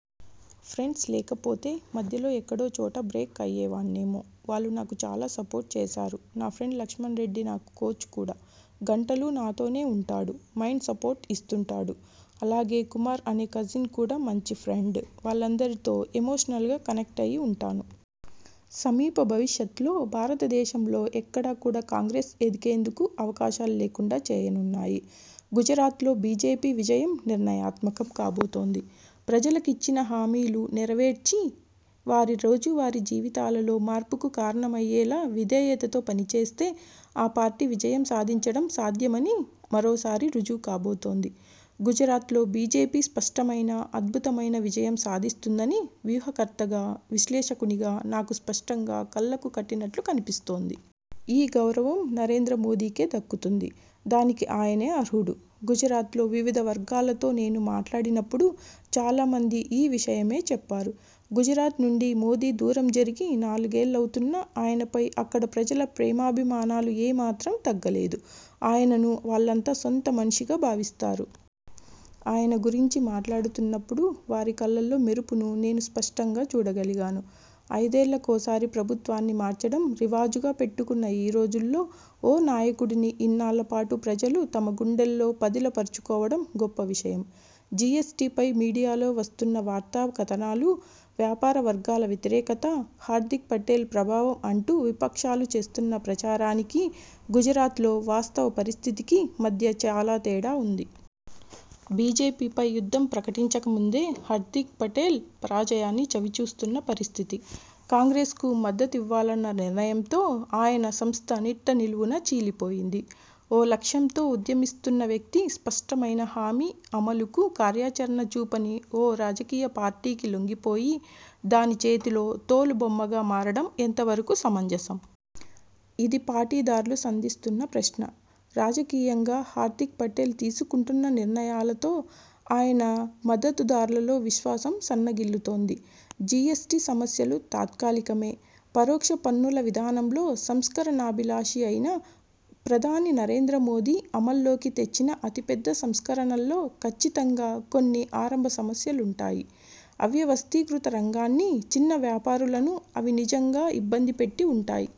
Friends లేకపోతే మధ్యలో ఎక్కడో చోట బ్రేక్ అయ్యేవాడ్నేమో. వాళ్లు నాకు చాలా సపోర్ట్ చేశారు. నా ఫ్రెండ్ లక్ష్మణ్రెడ్డి నాకు కోచ్ కూడా. గంటలూ నాతోనే ఉంటాడు. మైండ్ సపోర్ట్ ఇస్తుంటాడు. అలాగే కుమార్ అనే కజిన్ కూడా మంచి ఫ్రెండ్. వాళ్లందరితో ఎమోషనల్గా కనెక్టయి ఉంటాను. సమీప భవిష్యత్లో భారతదేశంలో ఎక్కడా కూడా కాంగ్రెస్ ఎదిగేందుకు అవకాశాలు లేకుండా చేయనున్నాయి. గుజరాత్లో బీజేపీ విజయం నిర్ణయాత్మకం కాబోతోంది. ప్రజలకిచ్చిన హామీలు నెరవేర్చి వారి రోజువారీ జీవితాలలో మార్పుకు కారణమయ్యేలా విధేయతతో పనిచేస్తే ఆ పార్టీ విజయం సాధించడం సాధ్యమని మరోసారి రుజువుకాబోతోంది. గుజరాత్లో బీజేపీ స్పష్టమైన, అద్భుతమైన విజయం సాధిస్తుందని వ్యూహకర్తగా, విశ్లేషకునిగా నాకు స్పష్టంగా కళ్లకు కట్టినట్లు కనిపిస్తోంది. ఈ గౌరవం నరేంద్ర మోదీకే దక్కుతుంది. దానికి ఆయనే అర్హుడు. గుజరాత్లో వివిధ వర్గాలతో నేను మాట్లాడినప్పుడు చాలా మంది ఈ విషయమే చెప్పారు. గుజరాత్ నుండి మోదీ దూరం జరిగి నాలుగేళ్లవుతున్నా ఆయనపై అక్కడి ప్రజల ప్రేమాభిమానాలు ఏమాత్రం తగ్గలేదు. ఆయనను వాళ్లంతా సొంత మనిషిగా భావిస్తారు. ఆయన గురించి మాట్లాడుతున్నప్పుడు వారి కళ్లల్లో మెరుపును నేను స్పష్టంగా చూడగలిగాను. ఐదేళ్లకోసారి ప్రభుత్వాన్ని మార్చడం రివాజుగా పెట్టుకున్న ఈ రోజుల్లో ఓ నాయకుడిని ఇన్నాళ్ల పాటు ప్రజలు తమ గుండెల్లో పదిల పరచుకోవడం గొప్ప విషయం. జీఎస్టీపై మీడియాలో వస్తున్న వార్తా కథనాలు, వ్యాపార వర్గాల వ్యతిరేకత, హార్ధిక్ పటేల్ ప్రభావం అంటూ విపక్షాలు చేస్తున్న ప్రచారానికీ, గుజరాత్లో వాస్తవ పరిస్థితికీ మధ్య చాలా తేడా ఉంది. బీజేపీపై యుద్ధం ప్రకటించకముందే హార్ధిక్ పటేల్ పరాజయాన్ని చవిచూస్తున్న పరిస్థితి. కాంగ్రెస్కు మద్దతివ్వాలన్న నిర్ణయంతో ఆయన సంస్థ నిట్టనిలువునా చీలిపోయింది. ఓ లక్ష్యంతో ఉద్యమిస్తున్న వ్యక్తి స్పష్టమైన హామీ, అమలుకు కార్యాచరణ చూపని ఓ రాజకీయ పార్టీకి లొంగిపోయి దాని చేతిలో తోలు బొమ్మగా మారడం ఎంతవరకు సమంజసం? ఇది పాటీదార్లు సంధిస్తున్న ప్రశ్న. రాజకీయంగా హార్ధిక్ పటేల్ తీసుకుంటున్న నిర్ణయాలతో ఆయన మద్దతుదార్లలో విశ్వాసం సన్నగిల్లుతోంది. జీఎస్టీ సమస్యలు తాత్కాలికమే. పరోక్ష పన్నుల విధానంలో సంస్కరణాభిలాషి అయిన ప్రధాని నరేంద్ర మోదీ అమల్లోకి తెచ్చిన అతిపెద్ద సంస్కరణల్లో కచ్చితంగా కొన్ని ఆరంభ సమస్యలుంటాయి. అవ్యవస్థీకృత రంగాన్ని, చిన్న వ్యాపారులను అవి నిజంగా ఇబ్బంది పెట్టి ఉంటాయి.